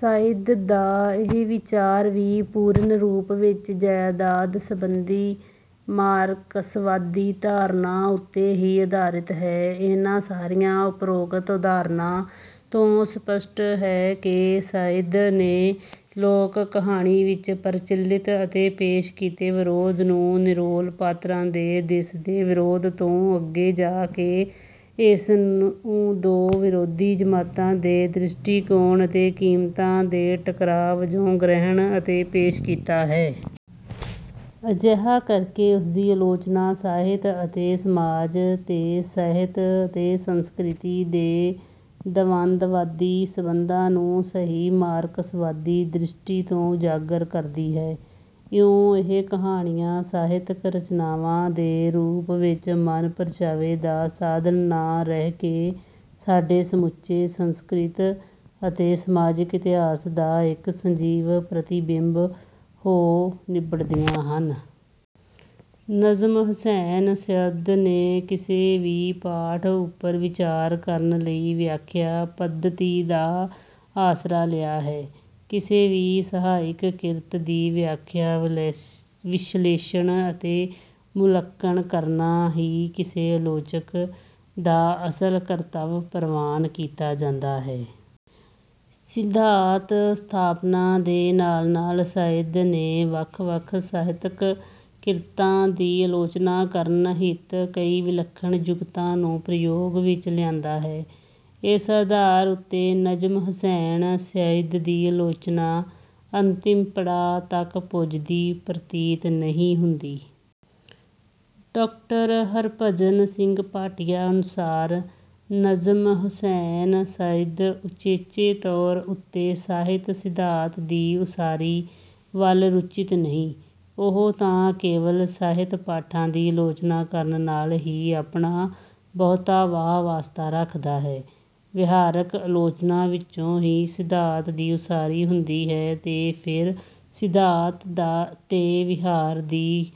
ਸੱਯਦ ਦਾ ਇਹ ਵਿਚਾਰ ਵੀ ਪੂਰਨ ਰੂਪ ਵਿੱਚ ਜਾਇਦਾਦ ਸੰਬੰਧੀ ਮਾਰਕਸਵਾਦੀ ਧਾਰਨਾ ਉੱਤੇ ਹੀ ਆਧਾਰਿਤ ਹੈ। ਇਨ੍ਹਾਂ ਸਾਰੀਆਂ ਉਪਰੋਕਤ ਉਦਾਹਰਣਾਂ ਤੋਂ ਸਪੱਸ਼ਟ ਹੈ ਕਿ ਸੱਯਦ ਨੇ ਲੋਕ-ਕਹਾਣੀ ਵਿੱਚ ਪ੍ਰਚਲਿਤ ਅਤੇ ਪੇਸ਼ ਕੀਤੇ ਵਿਰੋਧ ਨੂੰ ਨਿਰੋਲ ਪਾਤਰਾਂ ਦੇ ਦਿਸਦੇ ਵਿਰੋਧ ਤੋਂ ਅੱਗੇ ਜਾ ਕੇ, ਇਸਨੂੰ ਦੋ ਵਿਰੋਧੀ ਜਮਾਤਾਂ ਦੇ ਦ੍ਰਿਸ਼ਟੀਕੋਣ ਅਤੇ ਕੀਮਤਾਂ ਦੇ ਟਕਰਾਅ ਵਜੋਂ ਗ੍ਰਹਿਣ ਅਤੇ ਪੇਸ਼ ਕੀਤਾ ਹੈ। ਅਜਿਹਾ ਕਰਕੇ ਉਸਦੀ ਆਲੋਚਨਾ ਸਾਹਿਤ ਅਤੇ ਸਮਾਜ ਤੇ ਸਾਹਿਤ ਅਤੇ ਸੰਸਕ੍ਰਿਤੀ ਦੇ ਦਵੰਦਵਾਦੀ ਸੰਬੰਧਾਂ ਨੂੰ ਸਹੀ ਮਾਰਕਸਵਾਦੀ ਦ੍ਰਿਸ਼ਟੀ ਤੋਂ ਉਜਾਗਰ ਕਰਦੀ ਹੈ। ਇਉਂ, ਇਹ ਕਹਾਣੀਆਂ ਸਾਹਿਤਕ-ਰਚਨਾਵਾਂ ਦੇ ਰੂਪ ਵਿੱਚ ਮਨ-ਪ੍ਰਚਾਵੇ ਦਾ ਸਾਧਨ ਨਾ ਰਹਿ ਕੇ ਸਾਡੇ ਸਮੁੱਚੇ ਸੰਸਕ੍ਰਿਤਕ ਅਤੇ ਸਮਾਜਿਕ ਇਤਿਹਾਸ ਦਾ ਇੱਕ ਸਜੀਵ ਪ੍ਰਤੀਬਿੰਬ ਹੋ ਨਿੱਬੜਦੀਆਂ ਹਨ। ਨਜਮ ਹੁਸੈਨ ਸੱਯਦ ਨੇ ਕਿਸੇ ਵੀ ਪਾਠ ਉੱਪਰ ਵਿਚਾਰ ਕਰਨ ਲਈ ਵਿਆਖਿਆ ਪੱਧਤੀ ਦਾ ਆਸਰਾ ਲਿਆ ਹੈ। ਕਿਸੇ ਵੀ ਸਾਹਿਤਕ ਕਿਰਤ ਦੀ ਵਿਆਖਿਆ, ਵਿਸ਼ਲੇਸ਼ਣ ਅਤੇ ਮੁਲਾਂਕਣ ਕਰਨਾ ਹੀ ਕਿਸੇ ਆਲੋਚਕ ਦਾ ਅਸਲ ਕਰਤੱਵ ਪ੍ਰਵਾਨ ਕੀਤਾ ਜਾਂਦਾ ਹੈ। ਸਿਧਾਂਤ ਸਥਾਪਨਾ ਦੇ ਨਾਲ-ਨਾਲ ਸੱਯਦ ਨੇ ਵੱਖ-ਵੱਖ ਸਾਹਿਤਕ ਕਿਰਤਾਂ ਦੀ ਆਲੋਚਨਾ ਕਰਨ ਹਿਤ, ਕਈ ਵਿਲੱਖਣ ਜੁਗਤਾਂ ਨੂੰ ਪ੍ਰਯੋਗ ਵਿੱਚ ਲਿਆਂਦਾ ਹੈ। ਇਸ ਆਧਾਰ ਉੱਤੇ ਨਜਮ ਹੁਸੈਨ ਸੱਯਦ ਦੀ ਆਲੋਚਨਾ ਅੰਤਿਮ ਪੜਾਅ ਤੱਕ ਪੁੱਜਦੀ ਪ੍ਰਤੀਤ ਨਹੀਂ ਹੁੰਦੀ। ਡਾ. ਹਰਿਭਜਨ ਸਿੰਘ ਭਾਟੀਆ ਅਨੁਸਾਰ, "ਨਜਮ ਹੁਸੈਨ ਸੱਯਦ ਉਚੇਚੇ ਤੌਰ ਉੱਤੇ ਸਾਹਿਤ-ਸਿਧਾਂਤ ਦੀ ਉਸਾਰੀ ਵੱਲ ਰੁਚਿਤ ਨਹੀਂ, ਉਹ ਤਾਂ ਕੇਵਲ ਸਾਹਿਤ-ਪਾਠਾਂ ਦੀ ਆਲੋਚਨਾ ਕਰਨ ਨਾਲ ਹੀ ਆਪਣਾ ਬਹੁਤਾ ਵਾਹ-ਵਾਸਤਾ ਰੱਖਦਾ ਹੈ।" ਵਿਹਾਰਕ ਆਲੋਚਨਾ ਵਿੱਚੋਂ ਹੀ ਸਿਧਾਂਤ ਦੀ ਉਸਾਰੀ ਹੁੰਦੀ ਹੈ ਤੇ ਫਿਰ ਸਿਧਾਂਤ ਤੇ ਵਿਹਾਰ ਦੀ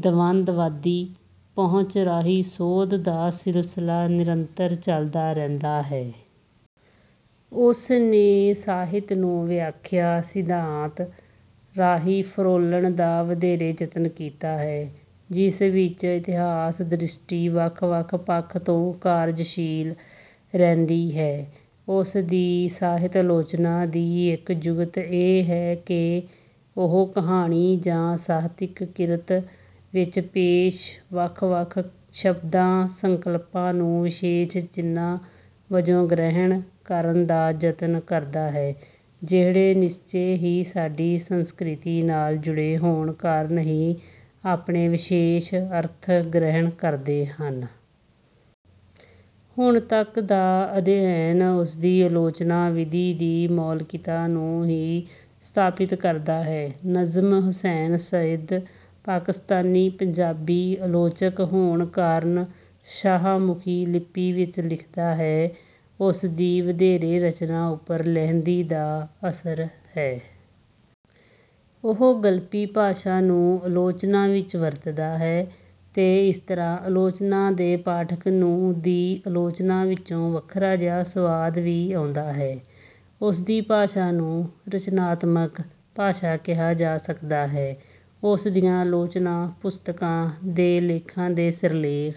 ਦਵੰਦਵਾਦੀ ਪਹੁੰਚ ਰਾਹੀਂ ਸੋਧ ਦਾ ਸਿਲਸਿਲਾ ਨਿਰੰਤਰ ਚਲਦਾ ਰਹਿੰਦਾ ਹੈ। ਉਸ ਨੇ ਸਾਹਿਤ ਨੂੰ ਵਿਆਖਿਆ ਸਿਧਾਂਤ ਰਾਹੀਂ ਫਰੋਲਣ ਦਾ ਵਧੇਰੇ ਯਤਨ ਕੀਤਾ ਹੈ ਜਿਸ ਵਿੱਚ ਇਤਿਹਾਸ ਦ੍ਰਿਸ਼ਟੀ ਵੱਖ-ਵੱਖ ਪੱਖ ਤੋਂ ਕਾਰਜਸ਼ੀਲ ਰਹਿੰਦੀ ਹੈ। ਉਸ ਦੀ ਸਾਹਿਤ ਆਲੋਚਨਾ ਦੀ ਇੱਕ ਜੁਗਤ ਇਹ ਹੈ ਕਿ ਉਹ ਕਹਾਣੀ ਜਾਂ ਸਾਹਿਤਕ ਕਿਰਤ ਵਿੱਚ ਪੇਸ਼ ਵੱਖ-ਵੱਖ ਸ਼ਬਦਾਂ, ਸੰਕਲਪਾਂ ਨੂੰ ਵਿਸ਼ੇਸ਼ ਚਿੰਨ੍ਹਾਂ ਵਜੋਂ ਗ੍ਰਹਿਣ ਕਰਨ ਦਾ ਯਤਨ ਕਰਦਾ ਹੈ, ਜਿਹੜੇ ਨਿਸ਼ਚੇ ਹੀ ਸਾਡੀ ਸੰਸਕ੍ਰਿਤੀ ਨਾਲ ਜੁੜੇ ਹੋਣ ਕਾਰਨ ਹੀ ਆਪਣੇ ਵਿਸ਼ੇਸ਼ ਅਰਥ ਗ੍ਰਹਿਣ ਕਰਦੇ ਹਨ। ਹੁਣ ਤੱਕ ਦਾ ਅਧਿਐਨ ਉਸਦੀ ਆਲੋਚਨਾ-ਵਿਧੀ ਦੀ ਮੌਲਿਕਤਾ ਨੂੰ ਹੀ ਸਥਾਪਿਤ ਕਰਦਾ ਹੈ। ਨਜਮ ਹੁਸੈਨ ਸੱਯਦ ਪਾਕਿਸਤਾਨੀ ਪੰਜਾਬੀ ਆਲੋਚਕ ਹੋਣ ਕਾਰਨ ਸ਼ਾਹਮੁਖੀ ਲਿਪੀ ਵਿੱਚ ਲਿਖਦਾ ਹੈ। ਉਸਦੀ ਵਧੇਰੇ ਰਚਨਾ ਉੱਪਰ ਲਹਿੰਦੀ ਦਾ ਅਸਰ ਹੈ। ਉਹ ਗਲਪੀ ਭਾਸ਼ਾ ਨੂੰ ਆਲੋਚਨਾ ਵਿੱਚ ਵਰਤਦਾ ਹੈ ਤੇ ਇਸ ਤਰ੍ਹਾਂ ਆਲੋਚਨਾ ਦੇ ਪਾਠਕ ਨੂੰ ਦੀ ਆਲੋਚਨਾ ਵਿੱਚੋਂ ਵੱਖਰਾ ਜਿਹਾ ਸੁਆਦ ਵੀ ਆਉਂਦਾ ਹੈ। ਉਸਦੀ ਭਾਸ਼ਾ ਨੂੰ 'ਰਚਨਾਤਮਕ ਭਾਸ਼ਾ' ਕਿਹਾ ਜਾ ਸਕਦਾ ਹੈ। ਉਸ ਦੀਆਂ ਆਲੋਚਨਾ ਪੁਸਤਕਾਂ ਦੇ ਲੇਖਾਂ ਦੇ ਸਿਰਲੇਖ